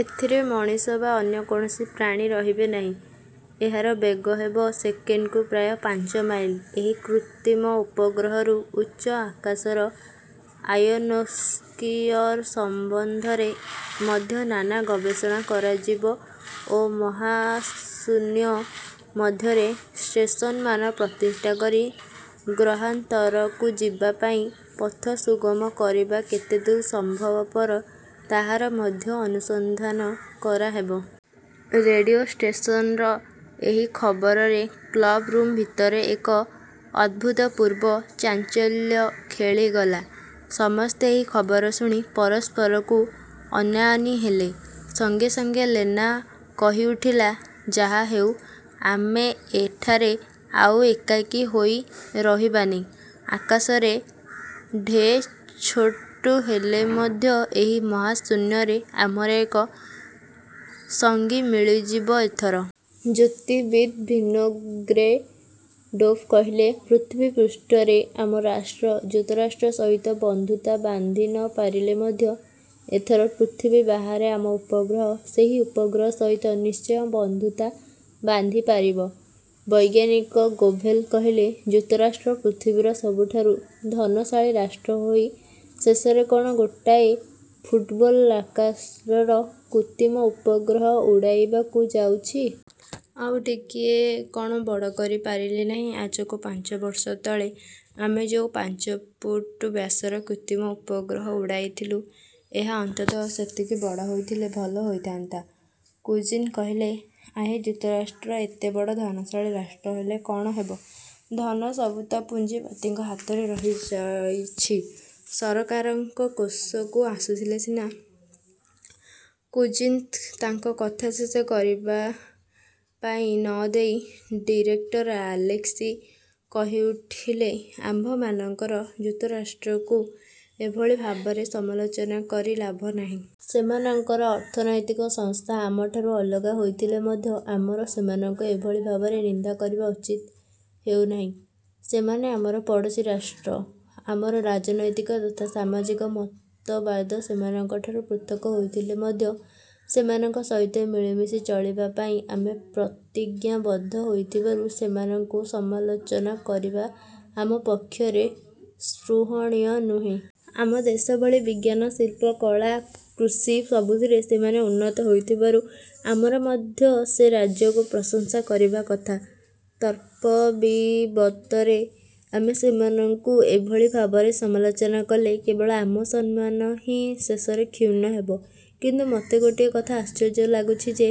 ଏଥିରେ ମଣିଷ ବା ଅନ୍ୟ କୌଣସି ପ୍ରାଣୀ ରହିବେ ନାହିଁ। ଏହାର ବେଗ ହେବ ସେକେଣ୍ଡକୁ ପ୍ରାୟ ପାଞ୍ଚ ମାଇଲ। ଏହି କୃତ୍ରିମ ଉପଗ୍ରହରୁ ଉଚ୍ଚ ଆକାଶର ଆୟନୋସ୍ପିଅର୍ ସମ୍ବନ୍ଧରେ ମଧ୍ୟ ନାନା ଗବେଷଣା କରାଯିବ ଓ ମହାଶୂନ୍ୟ ମଧ୍ୟରେ ଷ୍ଟେସନମାନ ପ୍ରତିଷ୍ଠା କରି ଗ୍ରହାନ୍ତରକୁ ଯିବା ପାଇଁ ପଥ ସୁଗମ କରିବା କେତେଦୂର ସମ୍ଭବପର ତାହାର ମଧ୍ୟ ଅନୁସନ୍ଧାନ କରାହେବ। '' ରେଡ଼ିଓ ଷ୍ଟେସନର ଏହି ଖବରରେ କ୍ଳବ ରୁମ୍ ଭିତରେ ଏକ ଅଭୁତପୂର୍ବ ଚାଞ୍ଚଲ୍ୟ ଖେଳିଗଲା। ସମସ୍ତେ ଏହି ଖବର ଶୁଣି ପରସ୍ପରକୁ ଅନାଅନି ହେଲେ। ସଙ୍ଗେ ସଙ୍ଗେ ଲେନା କହିଉଠିଲା, ''ଯାହା ହେଉ ଆମେ ଏଠାରେ ଆଉ ଏକାକୀ ହୋଇ ରହିବାନି। ଆକାଶରେ ଢେର୍ଛୋଟ ହେଲେ ମଧ୍ୟ ଏହି ମହାଶୂନ୍ୟରେ ଆମର ଏକ ସଙ୍ଗୀ ମିଳିଯିବ ଏଥର। '' ଜ୍ୟୋତିର୍ବିତ୍ ଭିନୋଗ୍ରେଡ଼ୋଭ୍ କହିଲେ, ''ପୃଥିବୀପୃଷ୍ଠରେ ଆମ ରାଷ୍ଟ୍ର ଯୁକ୍ତରାଷ୍ଟ୍ର ସହିତ ବନ୍ଧୁତା ବାନ୍ଧି ନ ପାରିଲେ ମଧ୍ୟ ଏଥର ପୃଥିବୀ ବାହାରେ ଆମ ଉପଗ୍ରହ; ସେହି ଉପଗ୍ରହ ସହିତ ନିଶ୍ଚୟ ବନ୍ଧୁତା ବାନ୍ଧିପାରିବ। '' ବୈଜ୍ଞାନିକ ଗୋଭେଲ୍ କହିଲେ, ''ଯୁକ୍ତରାଷ୍ଟ୍ର ପୃଥିବୀର ସବୁଠାରୁ ଧନଶାଳୀ ରାଷ୍ଟ୍ର ହୋଇ ଶେଷରେ କ'ଣ ଗୋଟାଏ ଫୁଟବଲ ଆକାରର କୃତ୍ରିମ ଉପଗ୍ରହ ଉଡ଼ାଇବାକୁ ଯାଉଛି। ଆଉ ଟିକିଏ କ'ଣ ବଡ଼ କରି ପାରିଲେ ନାହିଁ। ଆଜକୁ ପାଞ୍ଚ ବର୍ଷ ତଳେ ଆମେ ଯେଉଁ ପାଞ୍ଚଫୁଟ ବ୍ୟାସର କୃତ୍ରିମ ଉପଗ୍ରହ ଉଡ଼ାଇଥିଲୁଁ, ଏହା ଅନ୍ତତଃ ସେତିକି ବଡ଼ ହୋଇଥିଲେ ଭଲ ହୋଇଥାନ୍ତା-। '' କୁଜ୍ମିନ୍ କହିଲେ, ''ଆହେ, ଯୁକ୍ତରାଷ୍ଟ୍ର ଏତେ ବଡ଼ ଧନଶାଳୀ ରାଷ୍ଟ୍ର ହେଲେ କ'ଣ ହେବ, ଧନ ସବୁ ତ ପୁଞ୍ଜିପତିଙ୍କ ହାତରେ ରହିଯାଇଛି; ସରକାରଙ୍କ କୋଷକୁ ଆସୁଥିଲେ ସିନା '' କୁଜ୍ମିନ୍ଙ୍କୁ ତାଙ୍କ କଥା ଶେଷ କରିବା ପାଇଁ ନ ଦେଇ ଡିରେକ୍ଟର ଆଲେସ୍କି କହିଉଠିଲେ, ''ଆମ୍ଭମାନଙ୍କର ଯୁକ୍ତରାଷ୍ଟ୍ରକୁ ଏଭଳି ଭାବରେ ସମାଲୋଚନା କରି ଲାଭ ନାହିଁ। ସେମାନଙ୍କର ଅର୍ଥନୈତିକ ସଂସ୍ଥା ଆମଠାରୁ ଅଲଗା ହୋଇଥିଲେ ମଧ୍ୟ ଆମର ସେମାନଙ୍କୁ ଏଭଳି ଭାବରେ ନିନ୍ଦା କରିବା ଉଚିତ ହେଉନାହିଁ। ସେମାନେ ଆମର ପଡ଼ୋଶୀ ରାଷ୍ଟ୍ର। ଆମର ରାଜନୈତିକ ତଥା ସାମାଜିକ ମତବାଦ ସେମାନଙ୍କଠାରୁ ପୃଥକ୍ ହୋଇଥିଲେ ମଧ୍ୟ ସେମାନଙ୍କ ସହିତ ମିଳିମିଶି ଚଳିବା ପାଇଁ ଆମେ ପ୍ରତିଜ୍ଞାବଦ୍ଧ ହୋଇଥିବାରୁ, ସେମାନଙ୍କୁ ସମାଲୋଚନା କରିବା ଆମ ପକ୍ଷରେ ସ୍ପୃହଣୀୟ ନୁହେଁ। ଆମ ଦେଶ ଭଳି ବିଜ୍ଞାନ, ଶିଳ୍ପ, କଳା, କୃଷି ସବୁଥିରେ ସେମାନେ ଉନ୍ନତ ହୋଇଥିବାରୁ ଆମର ମଧ୍ୟ ସେ ରାଜ୍ୟକୁ ପ୍ରଶଂସା କରିବା କଥା। ତତ୍ପରିବର୍ତ୍ତରେ ଆମେ ସେମାନଙ୍କୁ ଏଭଳି ଭାବରେ ସମାଲୋଚନା କଲେ କେବଳ ଆମ ସମ୍ମାନ ହିଁ ଶେଷରେ କ୍ଷୁର୍ଣ୍ଣ ହେବ। କିନ୍ତୁ ମୋତେ ଗୋଟିଏ କଥା ଆଶ୍ଚର୍ଯ୍ୟ ଲାଗୁଛି ଯେ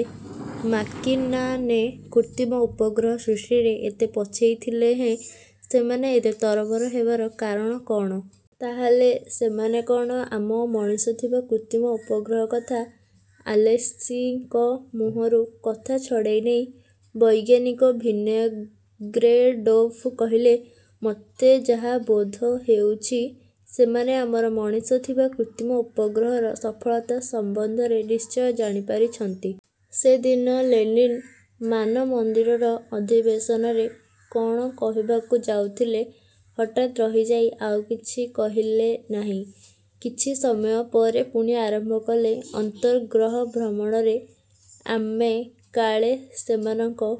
ମାର୍କିନ୍ମାନେ କୃତ୍ରିମ ଉପଗ୍ରହ ସୃଷ୍ଟିରେ ଏତେ ପଛେଇଥିଲେହେଁ ସେମାନେ ଏତେ ତରବର ହେବାର କାରଣ କଅଣ? ତା ହେଲେ ସେମାନେ କ'ଣ ଆମ ମଣିଷ ଥିବା କୃତ୍ରିମ ଉପଗ୍ରହ କଥା '' ଆଲେସ୍କିଙ୍କ ମୁହଁରୁ କଥା ଛଡ଼ାଇ ନେଇ ବୈଜ୍ଞାନିକ ଭିନୋଗ୍ରେଡ଼ୋଭ୍ କହିଲେ, ''ମୋତେ ଯାହା ବୋଧ ହେଉଛି, ସେମାନେ ଆମର ମଣିଷ ଥିବା କୃତ୍ରିମ ଉପଗ୍ରହର ସଫଳତା ସମ୍ବନ୍ଧରେ ନିଶ୍ଚୟ ଜାଣିପାରିଛନ୍ତି। ସେ ଦିନ ଲେନିନ୍ ମାନମନ୍ଦିରର ଅଧିବେଶନରେ '' କ'ଣ କହିବାକୁ ଯାଉଥିଲେ, ହଠାତ୍ ରହିଯାଇ ଆଉ କିଛି କହିଲେ ନାହିଁ। କିଛି। ସମୟ ପରେ ପୁଣି ଆରମ୍ଭ କଲେ, ''ଅନ୍ତର୍ଗ୍ରହ ଭ୍ରମଣରେ ଆମେ କାଳେ ସେମାନଙ୍କ